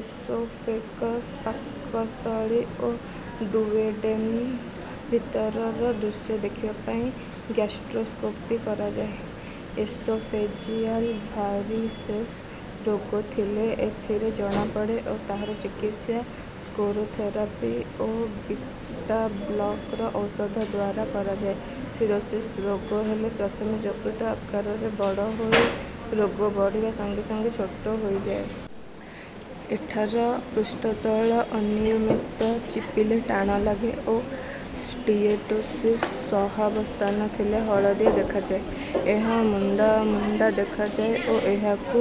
Oesophagus ପାକସ୍ଥଳୀ ଓ duodenum ଭିତରର ଦୃଶ୍ୟ ଦେଖିବା ପାଇଁ ଗ୍ୟାଷ୍ଟ୍ରୋସ୍କୋପି କରାଯାଏ। ଏସୋଫେଜିଆଲ୍ ଭାରିସେସ୍ ରୋଗ ଥିଲେ ଏଥିରେ ଜଣାପଡେ ଓ ତାହାର ଚିକିତ୍ସା ସ୍କ୍ଲେରୋଥେରାପି ଓ ବିଟାବ୍ଲକର ଔଷଧଦ୍ୱାରା କରାଯାଏ। ସିରୋସିସ୍ ରୋଗ ହେଲେ ପ୍ରଥମେ ଯକୃତ ଆକାରରେ ବଡ ହୋଇ ରୋଗ ବଢିବା ସଙ୍ଗେ ସଙ୍ଗେ ଛୋଟ ହୋଇଯାଏ। ଏହାର ପୃଷ୍ଠତଳ ଅନିୟମିତ ଚିପିଲେ ଟାଣ ଲାଗେ ଓ ସ୍ଟିଏଟୋସିସ୍ ସହାବସ୍ଥାନ ଥିଲେ ହଳଦିଆ ଦେଖାଯାଏ। ଏହା ମୁଣ୍ଡା ମୁଣ୍ଡା ଦେଖାଯାଏ ଓ ଏହାକୁ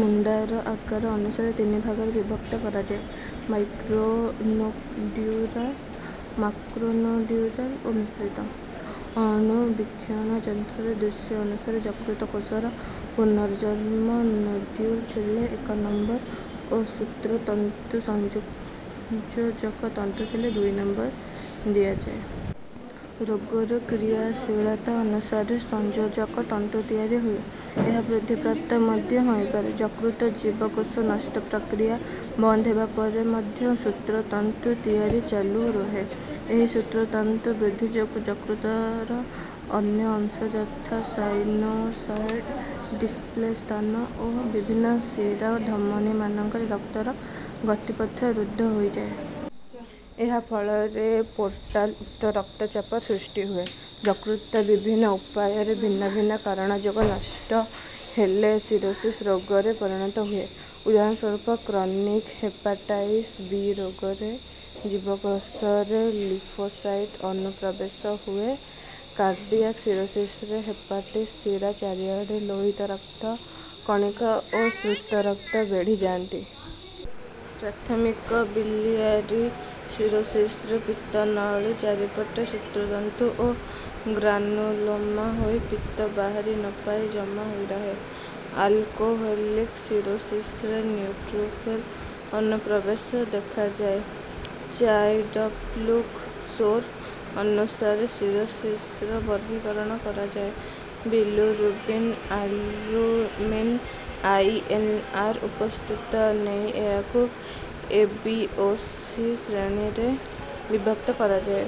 ମୁଣ୍ଡାର ଆକାର ଅନୁସାରେ ତିନି ଭାଗରେ ବିଭକ୍ତ କରାଯାଏ ମାଇକ୍ରୋନୋଡ୍ୟୁଲାର୍, ମାକ୍ରୋନୋଡ୍ୟୁଲାର୍ ଓ ମିଶ୍ରିତ। ଅଣୁବୀକ୍ଷଣ ଯନ୍ତ୍ର୍ରର ଦୃଶ୍ୟ ଅନୁସାରେ ଯକୃତ କୋଷର ପୁନର୍ଜନ୍ମ ନୋଡ୍ୟୁଲ ଥିଲେ ଏକ ନମ୍ବର ଓ ସୂତ୍ର ତନ୍ତୁ ସଂଯୋଜକ ତନ୍ତୁ ଥିଲେ ଦୁଇ ନମ୍ବର ଦିଆଯାଏ। ରୋଗର କ୍ରିୟାଶୀଳତା ଅନୁସାରେ ସଂଯୋଜକ ତନ୍ତୁ ତିଆରି ହୁଏ। ଏହା ବୃଦ୍ଧି ପ୍ରାପ୍ତ ମଧ୍ୟ ହୋଇପାରେ। ଯକୃତ ଜୀବକୋଷ ନଷ୍ଟ ପ୍ରକ୍ରିୟା ବନ୍ଦ ହେବା ପରେ ମଧ୍ୟ ସୂତ୍ର ତନ୍ତୁ ତିଆରି ଚାଲୁ ରହେ। ଏହି ସୂତ୍ର ତନ୍ତୁ ବୃଦ୍ଧି ଯୋଗୁ ଯକୃତର ଅନ୍ୟ ଅଂଶ ଯଥା ସାଇନୁସଏଡ୍ ଡିସ୍ସେ ସ୍ଥାନ ଓ ବିଭିନ୍ନ ଶିରା ଧମନୀମାନଙ୍କରେ ରକ୍ତର ଗତିପଥ ରୁଦ୍ଧ ହୋଇଯାଏ। ଏହା ଫଳରେ ପୋର୍ଟାଲ୍ ଉଚ୍ଚ ରକ୍ତ ଚାପ ସୃଷ୍ଟି ହୁଏ। ଯକୃତ ବିଭିନ୍ନ ଉପାୟରେ ଭିନ୍ନ ଭିନ୍ନ କାରଣ ଯୋଗ ନଷ୍ଟ ହେଲେ ସିରୋସିସ୍ ରୋଗରେ ପରିଣତ ହୁଏ। ଉଦାହରଣ ସ୍ୱରୁପ କ୍ରନିକ୍ ହେପାଟାଇଟିସ୍ ବି ରୋଗରେ ଜୀବକୋଷରେ ଲିମ୍ଫୋସାଇଟ ଅନୁପ୍ରବେଶ ହୁଏ କାର୍ଡିଆକ୍ ସିରୋସିସରେ ହେପାଟିକ ଶିରା ଚାରିଆଡେ ଲୋହିତ ରକ୍ତ କଣିକା ଓ ସୂତ୍ର ତନ୍ତୁ ବେଢି ଯାଆନ୍ତି। ପ୍ରାଥମିକ ବିଲିଆରି ସିରୋସିସରେ ପିତ୍ତ ନଳୀ ଚାରିପଟେ ସୂତ୍ରତନ୍ତୁ ଓ ଗ୍ରାନୁଲୋମା ହୋଇ ପିତ୍ତ ବାହାରି ନ ପାରି ଜମା ହୋଇରହେ। ଆଲକୋହୋଲିକ ସିରୋସିସରେ ନ୍ୟୁଟ୍ରୋଫିଲ୍ ଅନୁପ୍ରବେଶ ଦେଖାଯାଏ। ଚାଇଲ୍ଡ୍ପୁଗ୍ ସ୍କୋର ଅନୁସାରେ ସିରୋସିସର ବର୍ଗୀକରଣ କରାଯାଏ। Bilirubin albumin I. N. R. ଉପସ୍ଥିତି ନେଇ ଏହାକୁ ଏ ବି ଓ ସି ଶ୍ରେଣୀରେ ବିଭକ୍ତ କରାଯାଏ।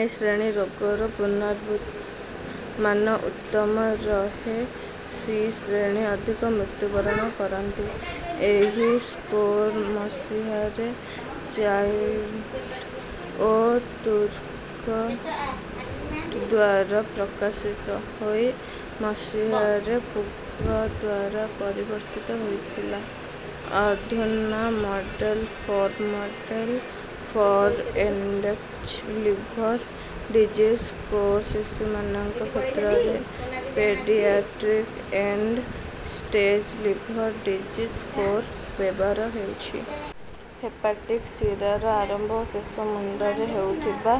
ଏ ଶ୍ରେଣୀ ରୋଗର ପୂର୍ବାନୁମାନ ଉତ୍ତମ ରହେ ସି ଶ୍ରେଣୀ ଅଧିକ ମୃତ୍ୟୁ ବରଣ କରନ୍ତି। ଏହି ସ୍କୋର ମସିହାରେ ଚାଇଲ୍ଡ୍ ଓ ଟୁର୍କୋଟଦ୍ୱାରା ପ୍ରକାଶିତ ହୋଇ ମସିହାରେ ପୁଗଦ୍ୱାରା ପରିବର୍ତ୍ତିତ ହୋଇଥିଲା। ଅଧୁନା model for model for end stage liver disease score ଶିଶୁମାନଙ୍କ କ୍ଷେତ୍ରରେ paediatric end stage liver disease score ବ୍ୟବହାର ହେଉଛି। ହେପାଟିକ୍ ଶିରାର ଆରମ୍ଭ ଓ ଶେଷ ମୁଣ୍ଡରେ ହେଉଥିବା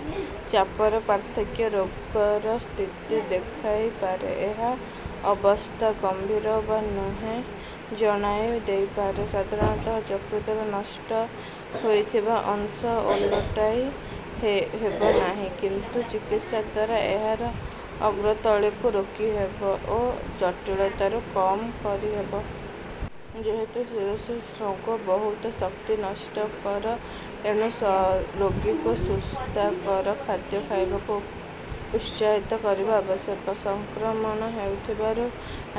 ଚାପର ପାର୍ଥକ୍ୟ ରୋଗର ସ୍ଥିତି ଦେଖାଇ ପାରେ ଏହା ଅବସ୍ଥା ଗମ୍ଭୀର ବା ନୁହେଁ ଜଣାଇ ଦେଇପାରେ। ସଧାରଣତଃ ଯକୃତର ନଷ୍ଟ ହୋଇଥିବା ଅଂଶ ଓଲଟାଇ ହେବନାହି। କିନ୍ତୁ ଚିକିତ୍ସା ଦ୍ୱାର ଏହାର ଅଗ୍ରଗତିକୁ ରୋକି ହେବ ଓ ଜଟୀଳତାକୁ କମ କରିହେବ। ଯେହେତୁ ସିରୋସିସ୍ ରୋଗ ବହୁତ ଶକ୍ତି ନଷ୍ଟ କର ଏଣୁ ରୋଗୀକୁ ସ୍ୱାସ୍ଥ୍ୟକର ଖାଦ୍ୟ ଖାଇବାକୁ ଉତ୍ସାହିତ କରିବା ଆବଶ୍ୟକ। ସଂକ୍ରମଣ ହେଉଥିବାରୁ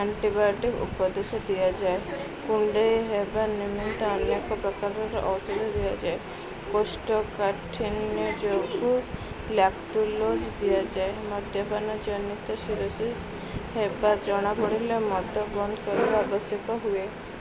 ଆଣ୍ଟିବାୟୋଟିକ ଉପଦେଶ ଦିଆଯାଏ। କୁଣ୍ଡେଇ ହେବା ନିମିତ୍ତ ଅନେକ ପ୍ରକାରର ଔଷଧ ଦିଆଯାଏ। କୋଷ୍ଠକାଠିନ୍ୟ ଯୋଗୁଁ ଲାକ୍ଟୁଲୋଜ ଦିଆଯାଏ। ମଦ୍ୟପାନ ଜନିତ ସିରୋସିସ୍ ହେବା ଜଣା ପଡ଼ିଲେ ମଦ ବନ୍ଦ କରିବା ଆବଶ୍ୟକ ହୁଏ।